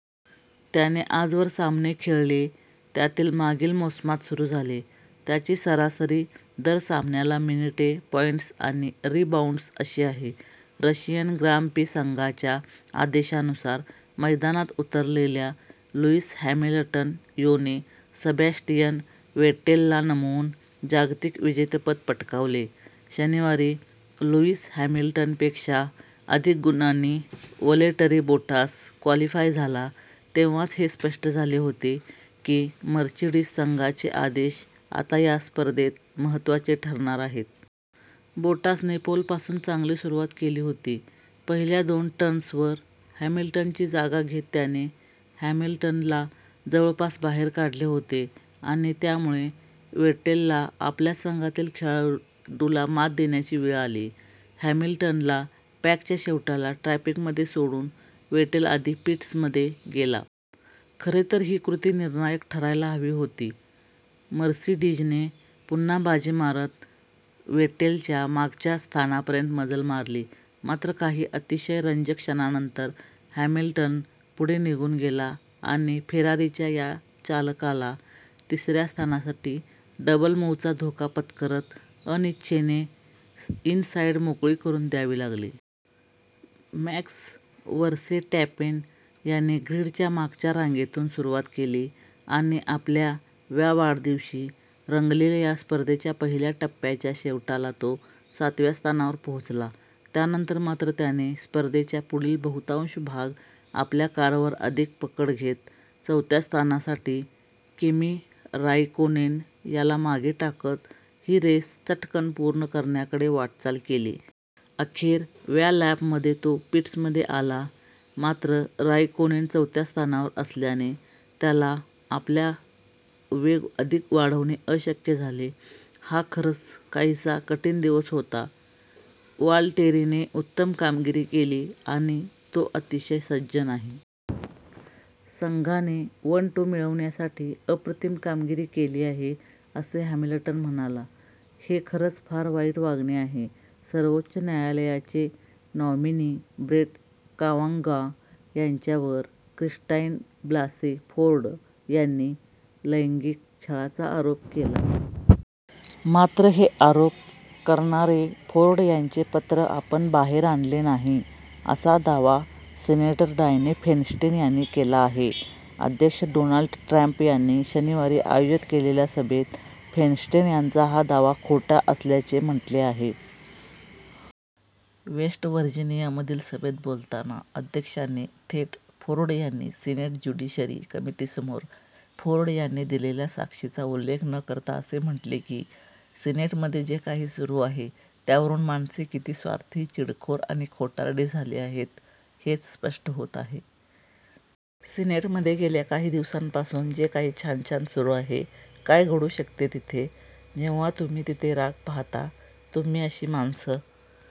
त्याने आजवर सामने खेळले त्यातील मागील मोसमात सुरू झाले. त्याची सरासरी दर सामन्याला मिनिटे, पॉईंट्स आणि रीबाऊंड्स अशी आहे. रशियन ग्रां प्री: संघाच्या आदेशानुसार मैदानात उतरलेल्या लुईस हॅमिलटन योने सबॅस्टियन वेटेलला नमवून जागतिक विजेतेपद पटकावले शनिवारी लुईस हॅमिलटनपेक्षा अधिक गुणांनी वलटेरी बोटास क्वॉलिफाय झाला तेव्हाच हे स्पष्ट झाले होते की मर्सिडीज संघाचे आदेश आता या स्पर्धेत महत्त्वाचे ठरणार आहेत. बोटासने पोलपासूनच चांगली सुरुवात केली होती. पहिल्या दोन टर्न्सवर हॅमिलटनची जागा घेत त्याने हॅमिलटनला जवळपास बाहेर काढले होते आणि त्यामुळे वेटेलला आपल्याच संघातील खेळाडूला मात देण्याची वेळ आली. हॅमिलटनला पॅकच्या शेवटाला ट्रॅफिकमध्ये सोडून वेटेल आधी पिट्समध्ये गेला. खरे तर ही कृती निर्णायक ठरायला हवी होती. मर्सिडीजने नंतर पुन्हा बाजी मारत वेटेलच्या मागच्या स्थानापर्यंत मजल मारली. मात्र, काही अतिशय रंजक क्षणांनंतर हॅमिलटन पुढे निघून गेला आणि फेरारीच्या या चालकाला तिसऱ्या स्थानासाठी डबल मुव्हचा धोका पत्करत अनिच्छेने इनसाइड मोकळी करून द्यावी लागली. मॅक्स वर्सेटॅपेन याने ग्रीडच्या मागच्या रांगेतून सुरुवात केली आणि आपल्या व्या वाढदिवशी रंगलेल्या या स्पर्धेच्या पहिल्या टप्प्याच्या शेवटाला तो सातव्या स्थानावर पोहोचला. त्यानंतर मात्र त्याने स्पर्धेचा पुढील बहुतांश भाग आपल्या कारवर अधिक पकड घेत चौथ्या स्थानासाठी किमी राइकोनेन याला मागे टाकत ही रेस चटकन पूर्ण करण्याकडे वाटचाल केली. अखेर व्या लॅपमध्ये तो पिट्समध्ये आला. मात्र, राइकोनेन चौथ्या स्थानावर असलयाने त्याला आपला वेग अधिक वाढवणे अशक्य झाले. हा खरंच काहीसा कठीण दिवस होता. वालटेरीने उत्तम कामगिरी केली आणि तो अतिशय सज्जन आहे. संघाने वन टू मिळवण्यासाठी अप्रतिम कामगिरी केली आहे, " असे हॅमिलटन म्हणाला. हे खरंच फार वाईट वागणे आहे सर्वोच्च न्यायालयाचे नॉमिनी ब्रेट कावांगॉ यांच्यावर क्रिस्टाइन ब्लासे फोर्ड यांनी लैंगिक छळाचा आरोप केला आहे. मात्र, हे आरोप करणारे फोर्ड यांचे पत्र आपण बाहेर आणले नाही, असा दावा सीनेटर डायने फेनस्टेन यांनी केला आहे. अध्यक्ष डोनाल्ड ट्रम्प यांनी शनिवारी आयोजित केलेल्या सभेत फेनस्टेन यांचा हा दावा खोटा असल्याचे म्हटले आहे. वेस्ट वर्जिनियामधील सभेत बोलताना अध्यक्षांनी थेट फोर्ड यांनी सीनेट ज्युडिशरी कमिटीसमोर फोर्ड यांनी दिलेल्या साक्षीचा उल्लेख न करता असे म्हटले की सीनेटमध्ये जे काही सुरू आहे त्यावरून माणसे किती 'स्वार्थी, चिडखोर आणि खोटारडी' झाली आहेत, हेच स्पष्ट होत आहे. " "सिनेटमध्ये गेल्या काही दिवसांपासून जे काही छान छान सुरू आहे, काय घडू शकते तिथे… जेव्हा तुम्ही तिथे राग पाहता, तुम्ही अशी माणसं